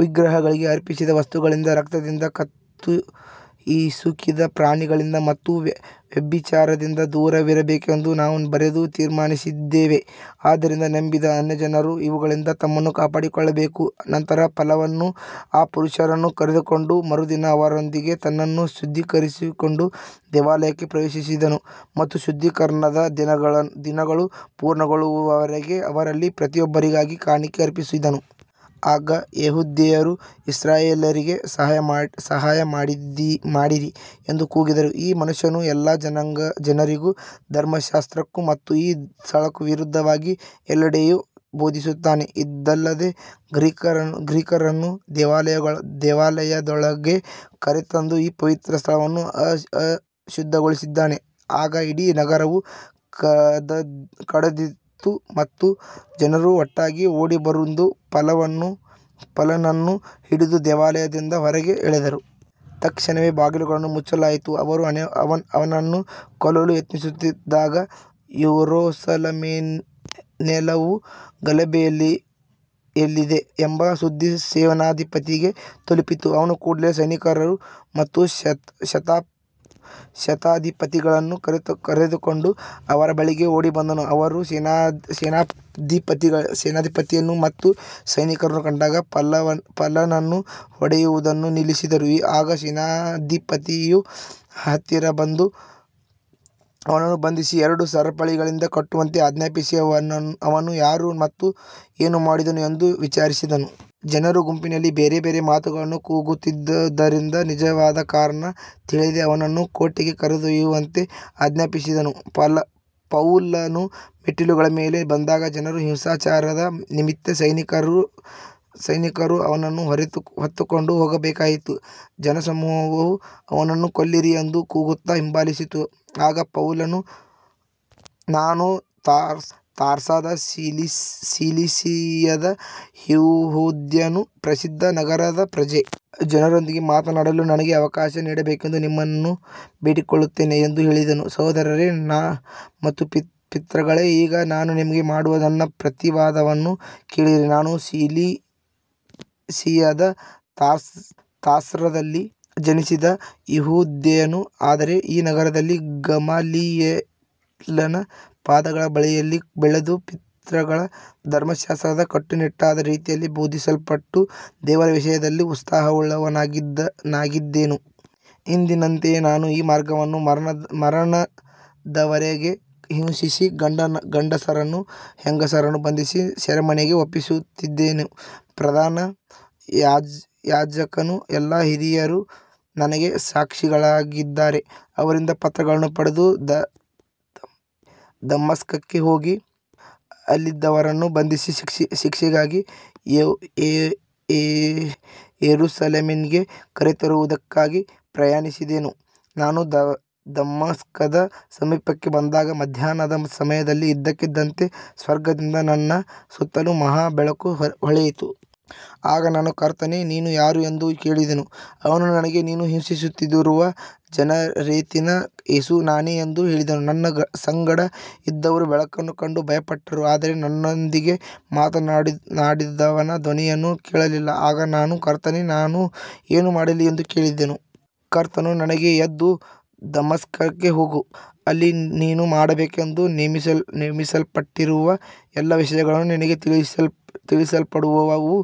ವಿಗ್ರಹಗಳಿಗೆ ಅರ್ಪಿಸಿದ ವಸ್ತುಗಳಿಂದ, ರಕ್ತದಿಂದ, ಕತ್ತುಹಿಸುಕಿದ ಪ್ರಾಣಿಗಳಿಂದ ಮತ್ತು ವ್ಯಭಿಚಾರದಿಂದ ದೂರವಿರಬೇಕೆಂದು ನಾವು ಬರೆದು ತೀರ್ಮಾನಿಸಿದ್ದೇವೆ. ಆದ್ದರಿಂದ ನಂಬಿದ ಅನ್ಯಜನರು ಇವುಗಳಿಂದ ತಮ್ಮನ್ನು ಕಾಪಾಡಿಕೊಳ್ಳಬೇಕು. ನಂತರ ಪೌಲನು ಆ ಪುರುಷರನ್ನು ಕರೆದುಕೊಂಡು ಮರುದಿನ ಅವರೊಂದಿಗೆ ತನ್ನನ್ನು ಶುದ್ಧೀಕರಿಸಿಕೊಂಡು ದೇವಾಲಯಕ್ಕೆ ಪ್ರವೇಶಿಸಿದನು ಮತ್ತು ಶುದ್ಧೀಕರಣದ ದಿನಗಳು ಪೂರ್ಣಗೊಳ್ಳುವವರೆಗೆ ಅವರಲ್ಲಿ ಪ್ರತಿಯೊಬ್ಬರಿಗಾಗಿ ಕಾಣಿಕೆ ಅರ್ಪಿಸಿದನು. ಆಗ ಯೆಹೂದ್ಯರು, ಇಸ್ರಾಯೇಲ್ಯರೇ, ಸಹಾಯಮಾಡಿರಿ ಎಂದು ಕೂಗಿದರು. ಈ ಮನುಷ್ಯನು ಎಲ್ಲ ಜನರಿಗೂ, ಧರ್ಮಶಾಸ್ತ್ರಕ್ಕೂ ಮತ್ತು ಈ ಸ್ಥಳಕ್ಕೂ ವಿರುದ್ಧವಾಗಿ ಎಲ್ಲೆಡೆಯೂ ಬೋಧಿಸುತ್ತಾನೆ. ಇದಲ್ಲದೆ ಗ್ರೀಕರನ್ನೂ ದೇವಾಲಯದೊಳಗೆ ಕರೆತಂದು ಈ ಪವಿತ್ರ ಸ್ಥಳವನ್ನು ಅಶುದ್ಧಗೊಳಿಸಿದ್ದಾನೆ. ಆಗ ಇಡೀ ನಗರವು ಕದಡಿತು ಮತ್ತು ಜನರು ಒಟ್ಟಾಗಿ ಓಡಿಬಂದು ಪೌಲನನ್ನು ಹಿಡಿದು ದೇವಾಲಯದಿಂದ ಹೊರಗೆ ಎಳೆದರು. ತಕ್ಷಣವೇ ಬಾಗಿಲುಗಳನ್ನು ಮುಚ್ಚಲಾಯಿತು. ಅವರು ಅವನನ್ನು ಕೊಲ್ಲಲು ಯತ್ನಿಸುತ್ತಿದ್ದಾಗ ಯೆರೂಸಲೇಮಿನೆಲ್ಲವೂ ಗಲಭೆಯಲ್ಲಿದೆ ಎಂಬ ಸುದ್ದಿ ಸೇನಾಧಿಪತಿಗೆ ತಲುಪಿತು. ಅವನು ಕೂಡಲೇ ಸೈನಿಕರು ಮತ್ತು ಶತಾಧಿಪತಿಗಳನ್ನು ಕರೆದುಕೊಂಡು ಅವರ ಬಳಿಗೆ ಓಡಿಬಂದನು. ಅವರು ಸೇನಾಧಿಪತಿಯನ್ನು ಮತ್ತು ಸೈನಿಕರನ್ನು ಕಂಡಾಗ ಪೌಲನನ್ನು ಹೊಡೆಯುವುದನ್ನು ನಿಲ್ಲಿಸಿದರು. ಆಗ ಸೇನಾಧಿಪತಿಯು ಹತ್ತಿರ ಬಂದು ಅವನನ್ನು ಬಂಧಿಸಿ ಎರಡು ಸರಪಳಿಗಳಿಂದ ಕಟ್ಟುವಂತೆ ಆಜ್ಞಾಪಿಸಿ, ಅವನು ಯಾರು ಮತ್ತು ಏನು ಮಾಡಿದನು ಎಂದು ವಿಚಾರಿಸಿದನು. ಜನರು ಗುಂಪಿನಲ್ಲಿ ಬೇರೆಬೇರೆ ಮಾತುಗಳನ್ನು ಕೂಗುತ್ತಿದ್ದುದರಿಂದ ನಿಜವಾದ ಕಾರಣವನ್ನು ತಿಳಿಯದೆ ಅವನನ್ನು ಕೋಟೆಗೆ ಕರೆದೊಯ್ಯುವಂತೆ ಆಜ್ಞಾಪಿಸಿದನು. ಪೌಲನು ಮೆಟ್ಟಿಲುಗಳ ಮೇಲೆ ಬಂದಾಗ ಜನರ ಹಿಂಸಾಚಾರದ ನಿಮಿತ್ತ ಸೈನಿಕರು ಅವನನ್ನು ಹೊತ್ತುಕೊಂಡು ಹೋಗಬೇಕಾಯಿತು. ಜನಸಮೂಹವು ಅವನನ್ನು ಕೊಲ್ಲಿರಿ ಎಂದು ಕೂಗುತ್ತಾ ಹಿಂಬಾಲಿಸಿತು. ಆಗ ಪೌಲನು, ನಾನು ತಾರ್ಸದ ಸಿಲಿಸಿಯದ ಯೆಹೂದ್ಯನು, ಪ್ರಸಿದ್ಧ ನಗರದ ಪ್ರಜೆ. ಜನರೊಂದಿಗೆ ಮಾತನಾಡಲು ನನಗೆ ಅವಕಾಶ ನೀಡಬೇಕೆಂದು ನಿಮ್ಮನ್ನು ಬೇಡಿಕೊಳ್ಳುತ್ತೇನೆ ಎಂದು ಹೇಳಿದನು. ಸಹೋದರರೇ ಮತ್ತು ಪಿತೃಗಳೇ, ಈಗ ನಾನು ನಿಮಗೆ ಮಾಡುವ ನನ್ನ ಪ್ರತಿವಾದವನ್ನು ಕೇಳಿರಿ. ನಾನು ಸಿಲಿಸಿಯದ ತಾರ್ಸದಲ್ಲಿ ಜನಿಸಿದ ಯೆಹೂದ್ಯನು, ಆದರೆ ಈ ನಗರದಲ್ಲಿ ಗಮಾಲಿಯೇಲನ ಪಾದಗಳ ಬಳಿಯಲ್ಲಿ ಬೆಳೆದು, ಪಿತೃಗಳ ಧರ್ಮಶಾಸ್ತ್ರದ ಕಟ್ಟುನಿಟ್ಟಾದ ರೀತಿಯಲ್ಲಿ ಬೋಧಿಸಲ್ಪಟ್ಟು, ದೇವರ ವಿಷಯದಲ್ಲಿ ಉತ್ಸಾಹವುಳ್ಳವನಾಗಿದ್ದೆನು. ಇಂದಿನಂತೆಯೇ ನಾನು ಈ ಮಾರ್ಗವನ್ನು ಮರಣದವರೆಗೆ ಹಿಂಸಿಸಿ, ಗಂಡಸರನ್ನೂ ಹೆಂಗಸರನ್ನೂ ಬಂಧಿಸಿ ಸೆರೆಮನೆಗೆ ಒಪ್ಪಿಸುತ್ತಿದ್ದೆನು. ಪ್ರಧಾನ ಯಾಜಕನೂ ಎಲ್ಲಾ ಹಿರಿಯರೂ ನನಗೆ ಸಾಕ್ಷಿಗಳಾಗಿದ್ದಾರೆ. ಅವರಿಂದ ಪತ್ರಗಳನ್ನು ಪಡೆದು, ದಮಸ್ಕಕ್ಕೆ ಹೋಗಿ ಅಲ್ಲಿದ್ದವರನ್ನು ಬಂಧಿಸಿ ಶಿಕ್ಷೆಗಾಗಿ ಯೆರೂಸಲೇಮಿಗೆ ಕರೆತರುವುದಕ್ಕಾಗಿ ಪ್ರಯಾಣಿಸಿದೆನು. ನಾನು ದಮಸ್ಕದ ಸಮೀಪಕ್ಕೆ ಬಂದಾಗ ಮಧ್ಯಾಹ್ನದ ಸಮಯದಲ್ಲಿ ಇದ್ದಕ್ಕಿದ್ದಂತೆ ಸ್ವರ್ಗದಿಂದ ನನ್ನ ಸುತ್ತಲೂ ಮಹಾ ಬೆಳಕು ಹೊಳೆಯಿತು. ಆಗ ನಾನು, ಕರ್ತನೇ, ನೀನು ಯಾರು ಎಂದು ಕೇಳಿದೆನು. ಅವನು ನನಗೆ, ನೀನು ಹಿಂಸಿಸುತ್ತಿರುವ ನಜರೇತಿನ ಯೇಸು ನಾನೇ ಎಂದು ಹೇಳಿದನು. ನನ್ನ ಸಂಗಡ ಇದ್ದವರು ಬೆಳಕನ್ನು ಕಂಡು ಭಯಪಟ್ಟರು, ಆದರೆ ನನ್ನೊಂದಿಗೆ ಮಾತನಾಡಿದವನ ಧ್ವನಿಯನ್ನು ಕೇಳಲಿಲ್ಲ. ಆಗ ನಾನು, ಕರ್ತನೇ, ನಾನು ಏನು ಮಾಡಲಿ ಎಂದು ಕೇಳಿದೆನು. ಕರ್ತನು ನನಗೆ, ಎದ್ದು ದಮಸ್ಕಕ್ಕೆ ಹೋಗು. ಅಲ್ಲಿ ನೀನು ಮಾಡಬೇಕೆಂದು ನೇಮಿಸಲ್ಪಟ್ಟಿರುವ ಎಲ್ಲ ವಿಷಯಗಳು ನಿನಗೆ ತಿಳಿಸಲ್ಪಡುವವು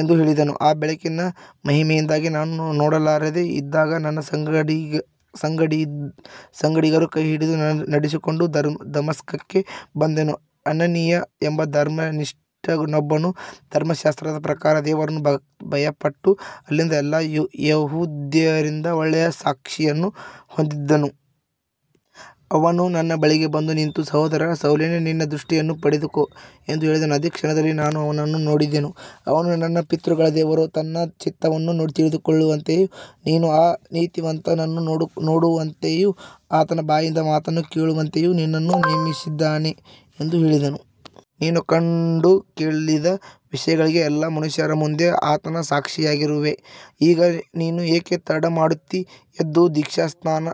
ಎಂದು ಹೇಳಿದನು. ಆ ಬೆಳಕಿನ ಮಹಿಮೆಯಿಂದಾಗಿ ನಾನು ನೋಡಲಾರದೆ ಇದ್ದಾಗ ನನ್ನ ಸಂಗಡಿಗರು ಕೈಹಿಡಿದು ನಡೆಸಿಕೊಂಡು ದಮಸ್ಕಕ್ಕೆ ಬಂದೆನು. ಅನನೀಯ ಎಂಬ ಧರ್ಮನಿಷ್ಠನೊಬ್ಬನು ಧರ್ಮಶಾಸ್ತ್ರದ ಪ್ರಕಾರ ದೇವರನ್ನು ಭಯಪಟ್ಟು ಅಲ್ಲಿದ್ದ ಎಲ್ಲಾ ಯೆಹೂದ್ಯರಿಂದ ಒಳ್ಳೆಯ ಸಾಕ್ಷಿಯನ್ನು ಹೊಂದಿದ್ದನು. ಅವನು ನನ್ನ ಬಳಿಗೆ ಬಂದು ನಿಂತು, ಸಹೋದರ ಸೌಲನೇ, ನಿನ್ನ ದೃಷ್ಟಿಯನ್ನು ಪಡೆದುಕೋ ಎಂದು ಹೇಳಿದನು. ಅದೇ ಕ್ಷಣದಲ್ಲಿ ನಾನು ಅವನನ್ನು ನೋಡಿದೆನು. ಅವನು, ನಮ್ಮ ಪಿತೃಗಳ ದೇವರು ತನ್ನ ಚಿತ್ತವನ್ನು ತಿಳಿದುಕೊಳ್ಳುವಂತೆಯೂ ನೀನು ಆ ನೀತಿವಂತನನ್ನು ನೋಡುವಂತೆಯೂ ಆತನ ಬಾಯಿಂದ ಮಾತನ್ನು ಕೇಳುವಂತೆಯೂ ನಿನ್ನನ್ನು ನೇಮಿಸಿದ್ದಾನೆ ಎಂದು ಹೇಳಿದನು. ನೀನು ಕಂಡು ಕೇಳಿದ ವಿಷಯಗಳಿಗೆ ಎಲ್ಲಾ ಮನುಷ್ಯರ ಮುಂದೆ ಆತನ ಸಾಕ್ಷಿಯಾಗಿರುವೆ. ಈಗ ನೀನು ಏಕೆ ತಡಮಾಡುತ್ತೀ? ಎದ್ದು ದೀಕ್ಷಾಸ್ನಾನ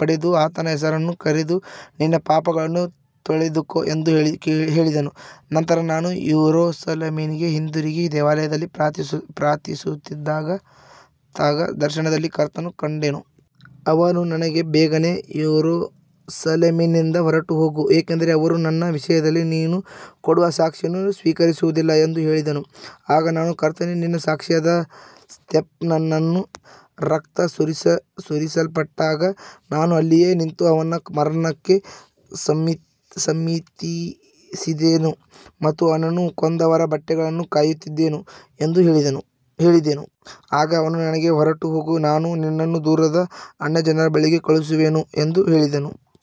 ಪಡೆದು ಆತನ ಹೆಸರನ್ನು ಕರೆದು ನಿನ್ನ ಪಾಪಗಳನ್ನು ತೊಳೆದುಕೋ ಎಂದು ಹೇಳಿದನು. ನಂತರ ನಾನು ಯೆರೂಸಲೇಮಿಗೆ ಹಿಂದಿರುಗಿ ದೇವಾಲಯದಲ್ಲಿ ಪ್ರಾರ್ಥಿಸುತ್ತಿದ್ದಾಗ ದರ್ಶನದಲ್ಲಿ ಕರ್ತನನ್ನು ಕಂಡೆನು. ಅವನು ನನಗೆ, ಬೇಗನೆ ಯೆರೂಸಲೇಮಿನಿಂದ ಹೊರಟುಹೋಗು, ಏಕೆಂದರೆ ಅವರು ನನ್ನ ವಿಷಯದಲ್ಲಿ ನೀನು ಕೊಡುವ ಸಾಕ್ಷಿಯನ್ನು ಸ್ವೀಕರಿಸುವುದಿಲ್ಲ ಎಂದು ಹೇಳಿದನು. ಆಗ ನಾನು, ಕರ್ತನೇ, ನಿನ್ನ ಸಾಕ್ಷಿಯಾದ ಸ್ತೆಫನನ ರಕ್ತ ಸುರಿಸಲ್ಪಟ್ಟಾಗ ನಾನೂ ಅಲ್ಲಿಯೇ ನಿಂತು ಅವನ ಮರಣಕ್ಕೆ ಸಮ್ಮತಿಸಿದ್ದೆನು ಮತ್ತು ಅವನನ್ನು ಕೊಂದವರ ಬಟ್ಟೆಗಳನ್ನು ಕಾಯುತ್ತಿದ್ದೆನು ಎಂದು ಹೇಳಿದೆನು. ಆಗ ಅವನು ನನಗೆ, ಹೊರಟುಹೋಗು, ನಾನು ನಿನ್ನನ್ನು ದೂರದ ಅನ್ಯಜನರ ಬಳಿಗೆ ಕಳುಹಿಸುವೆನು ಎಂದು ಹೇಳಿದನು.